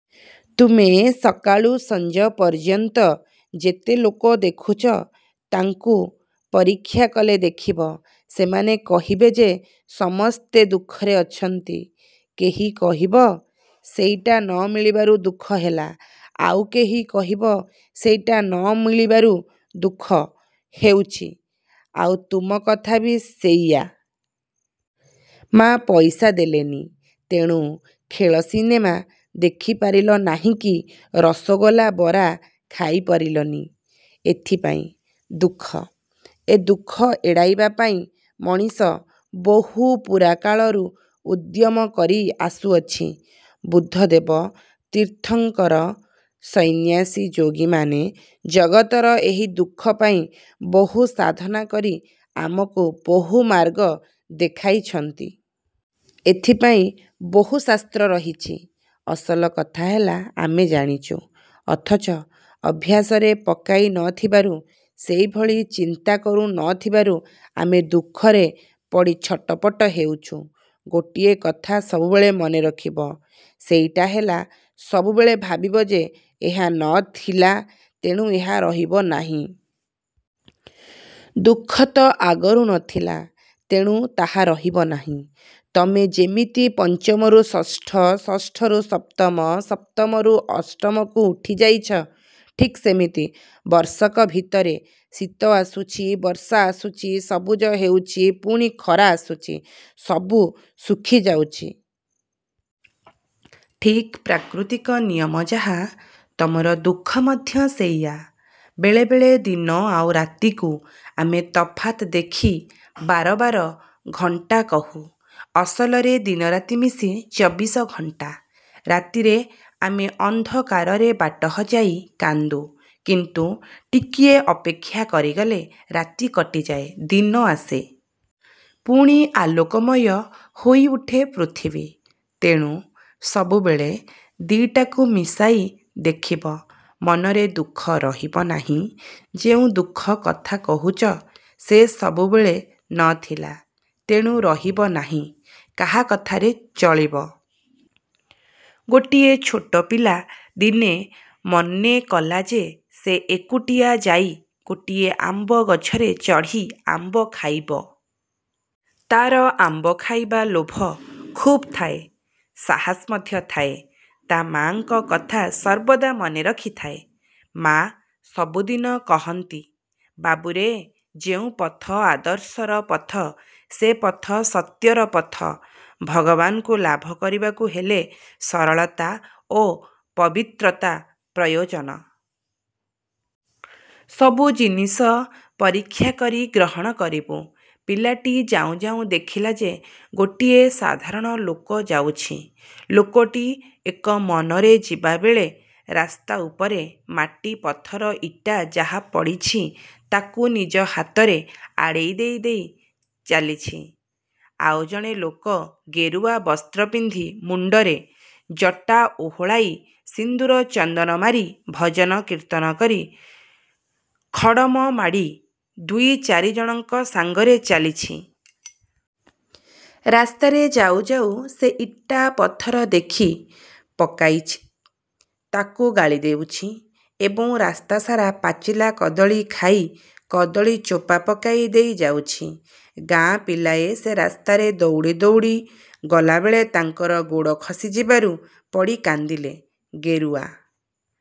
ତମେ ସକାଳୁ ସଞ୍ଜ ପର୍ଯ୍ୟନ୍ତ ଯେତେ ଲୋକ ଦେଖୁଛ ତାଙ୍କୁ ପରୀକ୍ଷା କଲେ ଦେଖିବ, ସେମାନେ କହିବେ ଯେ ସମସ୍ତେ ଦୁଃଖରେ ଅଛନ୍ତି। କେହି କହିବ, ସେଇଟା ନ ମିଳିବାରୁ ଦୁଃଖ ହେଲା। ଆଉ କେହି କହିବ ସେଇଟା ନ ମିଳିବାରୁ ଦୁଃଖ ହେଉଛି। ଆଉ ତୁମ କଥା ବି ସେଇୟା-। ମା' ପଇସା ଦେଲେନି ତେଣୁ ଖେଳ ସିନେମା ଦେଖିପାରିଲ ନାହିଁ କି ରସଗୋଲା ବରା ଖାଇ ପାରିଲନି। ଏଇଥିପାଇଁ। ଦୁଃଖ। ଏ ଦୁଃଖକୁ ଏଡ଼ାଇବା ପାଇଁ ମଣିଷ ବହୁ ପୁରାକାଳରୁ ଉଦ୍ୟମ କରି ଆସୁଅଛି। ବୁଦ୍ଧଦେବ, ତୀର୍ଥଙ୍କର, ସନ୍ନ୍ୟାସୀ ଯୋଗୀମାନେ ଜଗତର ଏହି ଦୁଃଖ ପାଇଁ ବହୁ ସାଧନା କରି ଆମକୁ ବହୁମାର୍ଗ ଦେଖାଇଛନ୍ତି। ଏଥିପାଇଁ ବହୁ ଶାସ୍ତ୍ର ରହିଛି। ଅସଲ କଥା ହେଲା ଆମେ ଜାଣିଛୁ, ଅଥଚ ଅଭ୍ୟାସରେ ପକାଇ ନ ଥିବାରୁ, ସେଇଭଳି ଚିନ୍ତା କରୁ ନ ଥିବାରୁ ଆମେ ଦୁଃଖରେ ପଡ଼ି ଛଟପଟ ହେଉଛୁଁ। ଗୋଟିଏ କଥା ସବୁବେଳେ ମନେ ରଖିବ। ସେଇଟି ହେଲା ସବୁବେଳେ ଭାବିବ ଯେ ''ଏହା ନ ଥିଲା, ତେଣୁ ଏହା ରହିବ ନାହିଁ। '' ଦୁଃଖତ ଆଗରୁ ନ ଥିଲା, ତେଣୁ ତାହା ରହିବ ନାହିଁ। ତମେ ଯେମିତି ପଞ୍ଚମରୁ ଷଷ୍ଠ, ଷଷ୍ଠରୁ ସପ୍ତମ, ସପ୍ତମରୁ ଅଷ୍ଟମକୁ ଉଠି ଯାଉଛ, ଠିକ୍ ସେମିତି ବର୍ଷକ ଭିତରେ ଶୀତ ଆସୁଛି, ବର୍ଷା ଆସୁଛି, ସବୁଜ ହେଉଛି, ପୁଣି ଖରା ଆସୁଛି, ସବୁ ଶୁଖି ଯାଉଛି। ଠିକ୍ ପ୍ରାକୃତିକ ନିୟମ ଯାହା, ତମର ଦୁଃଖ ମଧ୍ୟ ସେଇଆ। ବେଳେ ବେଳେ ଦିନ ଆଉ ରାତିକୁ ଆମେ ତଫାତ୍ ଦେଖି ବାର ବାର ଘଣ୍ଟା କହୁ। ଅସଲରେ ଦିନରାତି ମିଶି ଚବିଶ ଘଣ୍ଟା। ରାତିରେ ଆମେ ଅନ୍ଧକାରରେ ବାଟ ହଜାଇ କାନ୍ଦୁ, କିନ୍ତୁ ଟିକିଏ ଅପେକ୍ଷା କରିଗଲେ ରାତି କଟିଯାଏ, ଦିନ ଆସେ। ପୁଣି ଆଲୋକମୟ ହୋଇଉଠେ ପୃଥିବୀ। ତେଣୁ ସବୁବେଳେ ଦି'ଟାକୁ ମିଶାଇ ଦେଖିବ। ମନରେ ଦୁଃଖ ରହିବ ନାହିଁ। ଯେଉଁ ଦୁଃଖ କଥା କହୁଛ, ସେ ସବୁବେଳେ ନ ଥିଲା, ତେଣୁ ରହିବ ନାହିଁ। କାହା କଥାରେ ଚଳିବ? ଗୋଟିଏ ଛୋଟ ପିଲା ଦିନେ ମନେକଲା ଯେ ସେ ଏକୁଟିଆ ଯାଇ ଗୋଟିଏ ଆମ୍ବଗଛରେ ଚଢ଼ି ଆମ୍ବ ଖାଇବ। ତା'ର ଆମ୍ବ ଖାଇବା ଲୋଭ ଖୁବ୍ ଥାଏ। ସାହସ ମଧ୍ୟ ଥାଏ। ତା' ମା'ଙ୍କ କଥା ସର୍ବଦା ମନେ ରଖିଥାଏ। ମା ସବୁଦିନ କହନ୍ତି, ''ବାବୁରେ, ଯେଉଁ ପଥ ଆଦର୍ଶର ପଥ, ସେ ପଥ ସତ୍ୟର ପଥ। ଭଗବାନଙ୍କୁ ଲାଭ କରିବାକୁ ହେଲେ ସରଳତା ଓ ପବିତ୍ରତା ପ୍ରୟୋଜନ। ସବୁ ଜିନିଷ ପରୀକ୍ଷା କରି ଗ୍ରହଣ କରିବୁ। '' ପିଲାଟି ଯାଉଁ ଯାଉଁ ଦେଖିଲା ଯେ ଗୋଟିଏ ସାଧାରଣ ଲୋକ ଯାଉଛି। ଲୋକଟି ଏକ ମନରେ ଯିବାବେଳେ ରାସ୍ତା ଉପରେ ମାଟି-ପଥର-ଇଟା ଯାହା ପଡ଼ିଛି, ତାକୁ ନିଜ ହାତରେ ଆଡ଼େଇ ଦେଇ ଦେଇ ଚାଲିଛି। ଆଉ ଜଣେ ଲୋକ ଗେରୁଆ ବସ୍ତ୍ର ପିନ୍ଧି, ମୁଣ୍ତରେ ଜଟା ଓହଳାଇ ସିନ୍ଦୂର-ଚନ୍ଦନ ମାରି, ଭଜନ-କୀର୍ତ୍ତନ କରି, ଖଡ଼ମ ମାଡ଼ି ଦୁଇଚାରିଜଣଙ୍କ ସାଙ୍ଗରେ ଚାଲିଛି। ରାସ୍ତାରେ ଯାଉ ଯାଉ ସେ ଇଟା-ପଥର ଦେଖି, ପକାଇଛି ତାକୁ ଗାଳି ଦେଉଛି ଏବଂ ରାସ୍ତାସାରା ପାଚିଲା କଦଳୀ ଖାଇ କଦଳୀ ଚୋପା ପକାଇ ଦେଇ ଯାଉଛି। ଗାଁ ପିଲାଏ ସେ ରାସ୍ତାରେ ଦଉଡ଼ି ଦଉଡ଼ି ଗଲାବେଳେ ତାଙ୍କର ଗୋଡ଼ ଖସିଯିବାରୁ ପଡ଼ି କାନ୍ଦିଲେ। ଗେରୁଆ